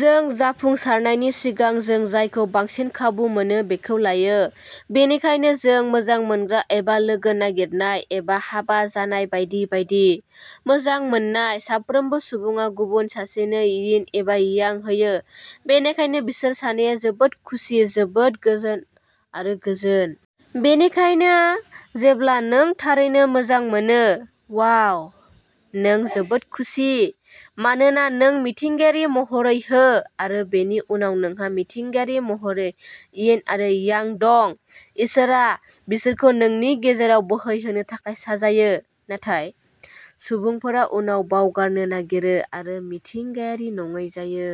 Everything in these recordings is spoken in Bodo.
जों जाफुंसारनायनि सिगां, जों जायखौ बांसिन खाबु मोनो बेखौ लायो। बेनिखायनो, जों मोजां मोनग्रा एबा लोगो नागिरनाय, एबा हाबा जानाय बायदि बायदि। मोजां मोननायाव, साफ्रोमबो सुबुङा गुबुन सासेनो यिन एबा यां होयो। बेनिखायनो, बिसोर सानैया जोबोद खुसि, जोबोद गोजोन आरो गोजोन। बेनिखायनो, जेब्ला नों थारैनो मोजां मोनो, वाव! नों जोबोद खुसि, मानोना नों मिथिंगायारि महरै हो, आरो बेनि उनाव नोंहा मिथिंगायारि महरै यिन आरो यांग दं। इसोरआ बिसोरखौ नोंनि गेजेराव बोहैहोनो थाखाय साजायो। नाथाय, सुबुंफोरा उनाव बावगारनो नागिरो, आरो मिथिंगायारि नङै जायो।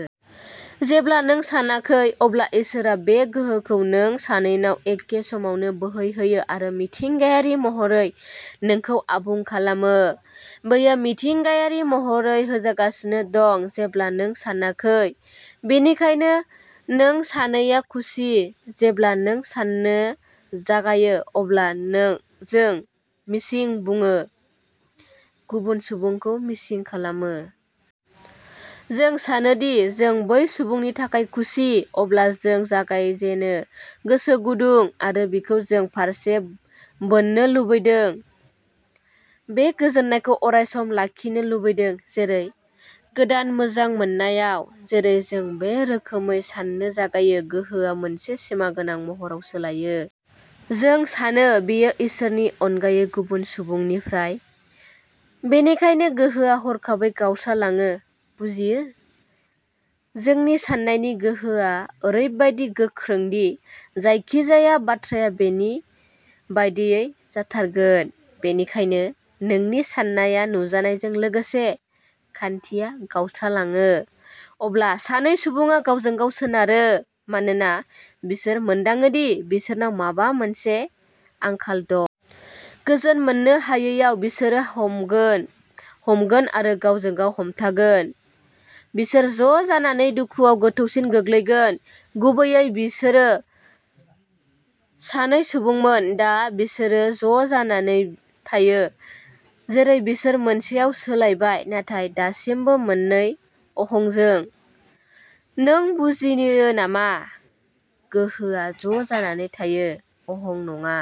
जेब्ला नों सानाखै, अब्ला इसोरआ बे गोहोखौ नों सानैनाव एखे समावनो बोहैहोयो आरो मिथिंगायारि महरै नोंखौ आबुं खालामो। बेयो मिथिंगायारि महरै होजागासिनो दं जेब्ला नों सानाखै। बेनिखायनो नों सानैया खुसि। जेब्ला नों सान्नो जागायो, अब्ला जों "मिसिं" बुङो, गुबुन सुबुंखौ मिसिं खालामो। जों सानो दि जों बै सुबुंनि थाखाय खुसि। अब्ला, जों जागायजेनो गोसो गुदुं, आरो बिखौ जोंनि फारसे बोननो लुबैदों, बे गोजोननायखौ अरायसम लाखिनो लुबैदों, जेरै गोदान मोजां मोननायाव। जेरै जों बे रोखोमै साननो जागायो, गोहोआ मोनसे सिमा गोनां महराव सोलायो। जों सानो बेयो इसोरनि अनगायै गुबुन सुबुंनिफ्राय। बेनिखायनो गोहोआ हरखाबै गावस्रालाङो, बुजियो? जोंनि साननायनि गोहोआ ओरैबादि गोख्रों दि जायखिजाया बाथ्राया बेनि बायदियै थार जागोन। बेनिखायनो, नोंनि साननाया नुजानायजों लोगोसे, खान्थिया गावस्रालाङो। अब्ला सानै सुबुङा गावजों गाव सोनारो, मानोना बिसोर मोनदाङो दि बिसोरनाव माबा मोनसे आंखाल दं! गोजोन मोननो हायैयाव, बिसोरो हमगोन, हमगोन आरो गावजों गाव हमथागोन, आरो ज'जानानै दुखुआव गोथौसिन गोग्लैगोन। गुबैयै, बिसोरो सानै सुबुंमोन, दा बिसोरो ज'जानानै थायो जेरै बिसोर मोनसेयाव सोलायबाय, नाथाय दासिमबो मोननै अहंजों। नों बुजियो नामा? गोहोआ ज'जानानै थायो, नाथाय अहं नङा!